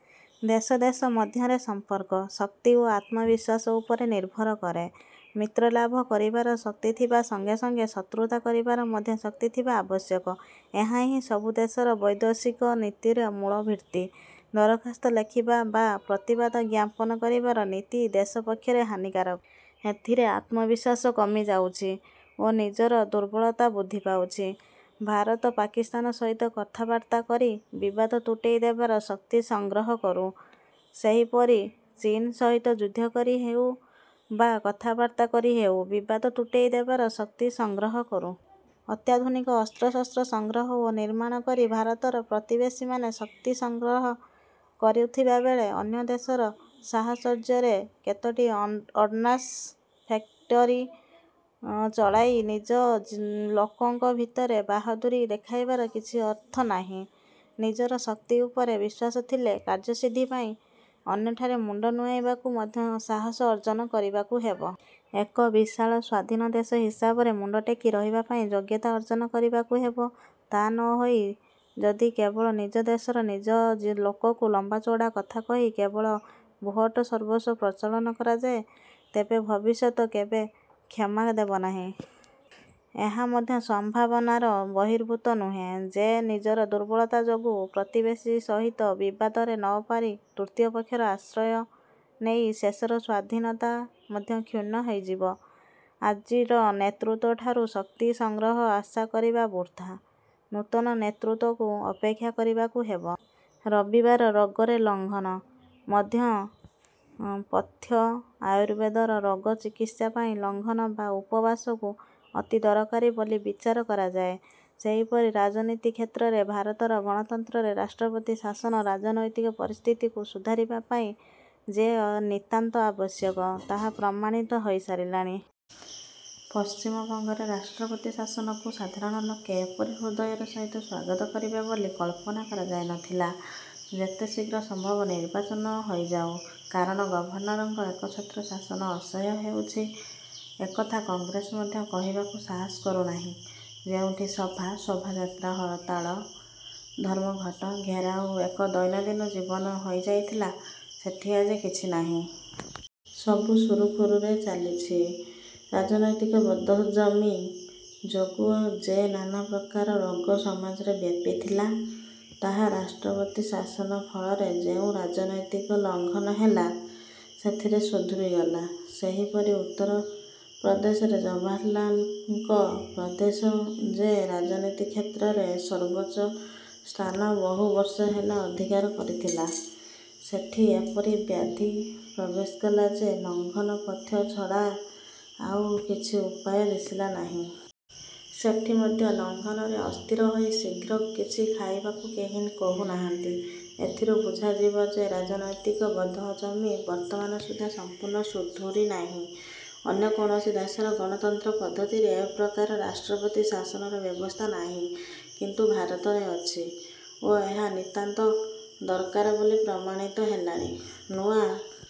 ଦେଶ ଦେଶ ମଧ୍ୟରେ ସମ୍ପର୍କ, ଶକ୍ତି ଓ ଆତ୍ମବିଶ୍ୱାସ ଉପରେ ନିର୍ଭର କରେ। ମିତ୍ରଲାଭ କରିବାର ଶକ୍ତି ଥିବା ସଙ୍ଗେ ସଙ୍ଗେ ଶତ୍ରୁତା କରିବାର ମଧ୍ୟ ଶକ୍ତି ଥିବା ଆବଶ୍ୟକ। ଏହା ହିଁ ସବୁ ଦେଶର ବୈଦେଶିକ ନୀତିର ମୂଳଭିତ୍ତି। ଦରଖାସ୍ତ ଲେଖିବା ବା ପ୍ରତିବାଦ ଜ୍ଞାପନ କରିବାର ନୀତି ଦେଶ ପକ୍ଷରେ ହାନିକାରକ। ଏଥିରେ ଆତ୍ମବିଶ୍ୱାସ କମିଯାଉଛି ଓ ନିଜର ଦୁର୍ବଳତା ବୃଦ୍ଧି ପାଉଛି। ଭାରତ ପାକିସ୍ତାନ ସହିତ କଥାବାର୍ତ୍ତା କରି ବିବାଦ ତୁଟେଇ ଦେବାର ଶକ୍ତି ସଂଗ୍ରହ କରୁ-। ସେହିପରି ଚୀନ ସହିତ ଯୁଦ୍ଧ କରି ହେଉ ବା କଥାବାର୍ତ୍ତା କରି ହେଉ ବିବାଦ ତୁଟେଇ ଦେବାର ଶକ୍ତି ସଂଗ୍ରହ କରୁ। ଅତ୍ୟାଧୁନିକ ଅସ୍ତ୍ରଶସ୍ତ୍ର ସଂଗ୍ରହ ଓ ନିର୍ମାଣ କରି ଭାରତର ପ୍ରତିବେଶୀମାନେ ଶକ୍ତି ସଂଗ୍ରହ କରୁଥିବାବେଳେ, ଅନ୍ୟ ଦେଶର ସାହଚର୍ଯ୍ୟରେ କେତୋଟି ଅର୍ଡ଼ାନ୍ସ ଫେକ୍ଟରି ଚଳାଇ ନିଜ ଲୋକଙ୍କ ଭିତରେ ବାହାଦୂରୀ ଦେଖାଇବାର କିଛି ଅର୍ଥ ନାହିଁ। ନିଜର ଶକ୍ତି ଉପରେ ବିଶ୍ୱାସ ଥିଲେ କାର୍ଯ୍ୟସିଦ୍ଧି ପାଇଁ ଅନ୍ୟଠାରେ ମୁଣ୍ଡ ନୁଆଁଇବାକୁ ମଧ୍ୟ ସାହସ ଅର୍ଜ୍ଜନ କରିବାକୁ ହେବ। ଏକ ବିଶାଳ ସ୍ୱାଧୀନ ଦେଶ ହିସାବରେ ମୁଣ୍ଡ ଟେକି ରହିବାପାଇଁ ଯୋଗ୍ୟତା ଅର୍ଜ୍ଜନ କରିବାକୁ ହେବ। ତା' ନ ହୋଇ ଯଦି କେବଳ ନିଜ ଦେଶରେ ନିଜ ଲୋକକୁ ଲମ୍ବା ଚୌଡ଼ା କଥା କହି କେବଳ ଭୋଟସର୍ବସ୍ୱ ପ୍ରଚଳନ କରାଯାଏ, ତେବେ ଭବିଷ୍ୟତ କେବେ କ୍ଷମା ଦେବନାହିଁ-। ଏହା ମଧ୍ୟ ସମ୍ଭାବନାର ବହିର୍ଭୂତ ନୁହେଁ ଯେ ନିଜର ଦୁର୍ବଳତା ଯୋଗୁଁ ପ୍ରତିବେଶୀ ସହିତ ବିବାଦରେ ନପାରି ତୃତୀୟ ପକ୍ଷର ଆଶ୍ରୟ ନେଇ ଶେଷରେ ସ୍ୱାଧୀନତା ମଧ୍ୟ କ୍ଷୁଣ୍ଣ ହୋଇଯିବ-। ଆଜିର ନେତୃତ୍ୱଠାରୁ ଶକ୍ତି ସଂଗ୍ରହର ଆଶା କରିବା ବୃଥା। ନୂତନ ନେତୃତ୍ୱକୁ ଅପେକ୍ଷା କରିବାକୁ ହେବ-। ରବିବାର ରୋଗରେ ଲଙ୍ଘନ। ମଧ୍ୟ ପଥ୍ୟ ଆୟୁର୍ବେଦରେ ରୋଗ ଚିକିତ୍ସା ପାଇଁ ଲଂଘନ ବା ଉପବାସକୁ ଅତି ଦରକାରୀ ବୋଲି ବିଚାର କରାଯାଏ। ସେହିପରି ରାଜନୀତି କ୍ଷେତ୍ରରେ ଭାରତର ଗଣତନ୍ତ୍ରରେ ରାଷ୍ଟ୍ରପତି ଶାସନ ରାଜନୈତିକ ପରିସ୍ଥିତିକୁ ସୁଧାରିବାପାଇଁ ଯେ ନିତାନ୍ତ ଆବଶ୍ୟକ, ତାହା ପ୍ରମାଣିତ ହୋଇସାରିଲାଣି-। ପଶ୍ଚିମବଙ୍ଗରେ ରାଷ୍ଟ୍ରପତି ଶାସନକୁ ସାଧାରଣ ଲୋକେ ଏପରି ହୃଦୟର ସହିତ ସ୍ୱାଗତ କରିବେ ବୋଲି କଳ୍ପନା କରାଯାଇନଥିଲା। ଯେତେ ଶୀଘ୍ର ସମ୍ଭବ ନିର୍ବାଚନ ହୋଇଯାଉ; କାରଣ ଗଭର୍ଣ୍ଣରଙ୍କ ଏକଛତ୍ର ଶାସନ ଅସହ୍ୟ ହେଉଛି, ଏକଥା କଂଗ୍ରେସ ମଧ୍ୟ କହିବାକୁ ସାହସ କରୁନାହିଁ-। ଯେଉଁଠି ସଭା, ଶୋଭାଯାତ୍ରା, ହରତାଳ, ଧର୍ମଘଟ, ଘେରାଉ ଏକ ଦୈନନ୍ଦିନ ଜୀବନ ହୋଇଯାଇଥିଲା, ସେଠି ଆଜି କିଛି ନାହିଁ। ସବୁ ସୁରୁଖୁରୁରେ ଚାଲିଛି। ରାଜନୈତିକ ବଦ୍ହଜମି ଯୋଗୁ ଯେ ନାନାପ୍ରକାର ରୋଗ ସମାଜରେ ବ୍ୟାପିଥିଲା, ତାହା ରାଷ୍ଟ୍ରପତି ଶାସନ ଫଳରେ ଯେଉଁ ରାଜନୈତିକ ଲଂଘନ ହେଲା, ସେଥିରେ ସୁଧୁରିଗଲା। ସେହିପରି ଉତ୍ତର ପ୍ରଦେଶରେ-। ଜବାହରଲାଲଙ୍କ ପ୍ରଦେଶ ଯେ ରାଜନୀତି କ୍ଷେତ୍ରରେ ସର୍ବୋଚ୍ଚ ସ୍ଥାନ ବହୁ ବର୍ଷ ହେଲା ଅଧିକାର କରିଥିଲା, ସେଠି ଏପରି ବ୍ୟାଧି ପ୍ରବେଶ କଲା ଯେ ଲଂଘନ ପଥ୍ୟ ଛଡ଼ା ଆଉ କିଛି ଉପାୟ ଦିଶିଲା ନାହିଁ। ସେଠି ମଧ୍ୟ ଲଂଘନରେ ଅସ୍ଥିର ହୋଇ ଶୀଘ୍ର କିଛି ଖାଇବାକୁ କେହି କହୁନାହାନ୍ତି। ଏଥିରୁ ବୁଝାଯିବ ଯେ ରାଜନୈତିକ ବଦ୍ହଜମି ବର୍ତ୍ତମାନ ସୁଦ୍ଧା ସଂପୂର୍ଣ୍ଣ ସୁଧୁରିନାହିଁ। ଅନ୍ୟ କୌଣସି ଦେଶରେ ଗଣତନ୍ତ୍ର ପଦ୍ଧତିରେ ଏପ୍ରକାର ରାଷ୍ଟ୍ରପତି ଶାସନର ବ୍ୟବସ୍ଥା ନାହିଁ; କିନ୍ତୁ ଭାରତରେ ଅଛି ଓ ଏହା ନିତାନ୍ତ ଦରକାର ବୋଲି ପ୍ରମାଣିତ ହେଲାଣି। ନୂଆ